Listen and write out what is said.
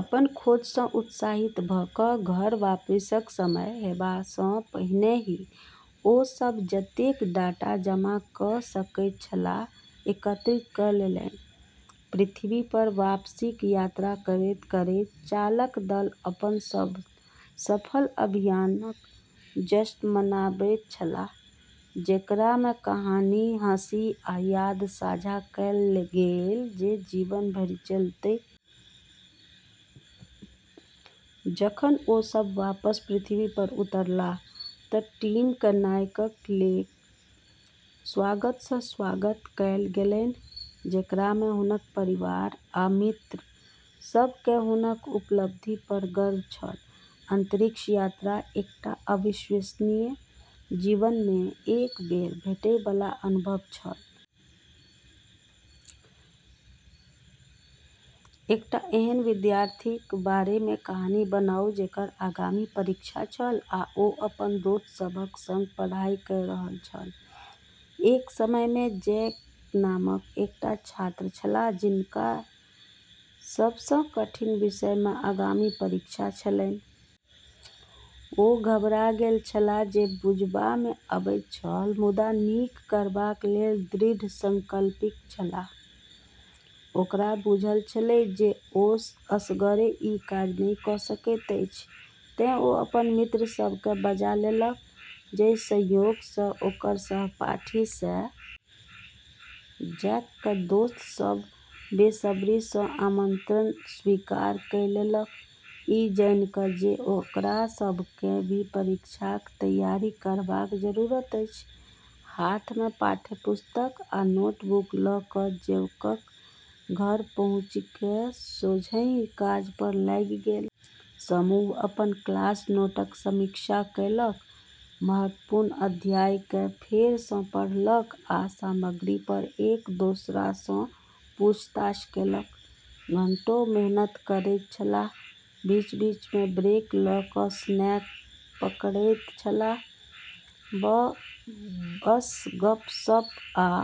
अपन खोजसँ उत्साहित भऽ कऽ घर वापसीक समय हेबासँ पहिने ही ओ सभ जतेक डाटा जमा कइ सकैत छलाह, एकत्रित कइ लेलन्हि। पृथ्वीपर वापसीक यात्रा करैत-करैत चालक दल अपन सफल अभियानक जश्न मनाबैत छलाह, जेकरामे कहानी, हँसी, आ याद साझा कएल गेल जे जीवन भरि चलतै। जखन ओ सभ वापस पृथ्वीपर उतरलाह तँ टीमकेँ नायकक लेक स्वागतसँ स्वागत कएल गेलन्हि, जेकरामे हुनक परिवार आ मित्र सभकेँ हुनक उपलब्धिपर गर्व छल। अंतरिक्ष यात्रा एकटा अविश्वसनीय, जीवनमे एक बेर भेटैबाला अनुभव छल, आ भले ओ सभ पृथ्वीपर वापस आबि गेल छल, आकाशगंगाक चमत्कार सदिखन हुनका लोकनिक संग रहत। एकटा एहन विद्यार्थीक बारेमे कहानी बनाउ जेकर आगामी परीक्षा छल आ ओ अपन दोस्त सभक संग पढ़ाई कइ रहल छल। एक समयमे जैक नामक एकटा छात्र छलाह जिनकर सबसँ कठिन विषयमे आगामी परीक्षा छलन्हि। ओ घबरा गेल छलाह से बुझबामे आवैत छल, मुदा नीक करबाकलेल दृढ़ संकल्पित छलाह। ओकरा बुझल छलैक जे ओ असगरे ई काज नहि कऽ सकैत अछि, तें ओ अपन मित्र सभकेँ बजा लेलक, जे संयोगसँ ओकर सहपाठी सेहो छैक, आ पुछलकै जे की ओ सभ ओही पार आबि कऽ ग्रुप स्टडी सेशन कऽ सकैत छथि। जैकक दोस्त सभ बेसब्रीसँ आमंत्रण स्वीकार कइ लेलक, ई जानि कऽ जे ओकरा सभकेँ भी परीक्षाक तैयारी करबाक जरूरत अछि। हाथमे पाठ्यपुस्तक आ नोटबुक लऽ कऽ जैकक घर पहुँकि सोझहि काजपर लागि गेल। समूह अपन क्लास नोटक समीक्षा कएलक, महत्वपूर्ण अध्यायकेँ फेरसँ पढ़लक आ सामग्रीपर एक दोस्रासँ पूछताछ कएलक। घंटों मेहनत करैत छलाह, बीच-बीचमे ब्रेक लऽ कऽ स्नैक पकड़ैत छलाह वा बस गप्प-सप्प आ किछु मिनट आराम करैत छलाह। जेना-जेना राति बीतैत गेलै, जैककेँ आत्मविश्वास बेसी होबए लगलनि।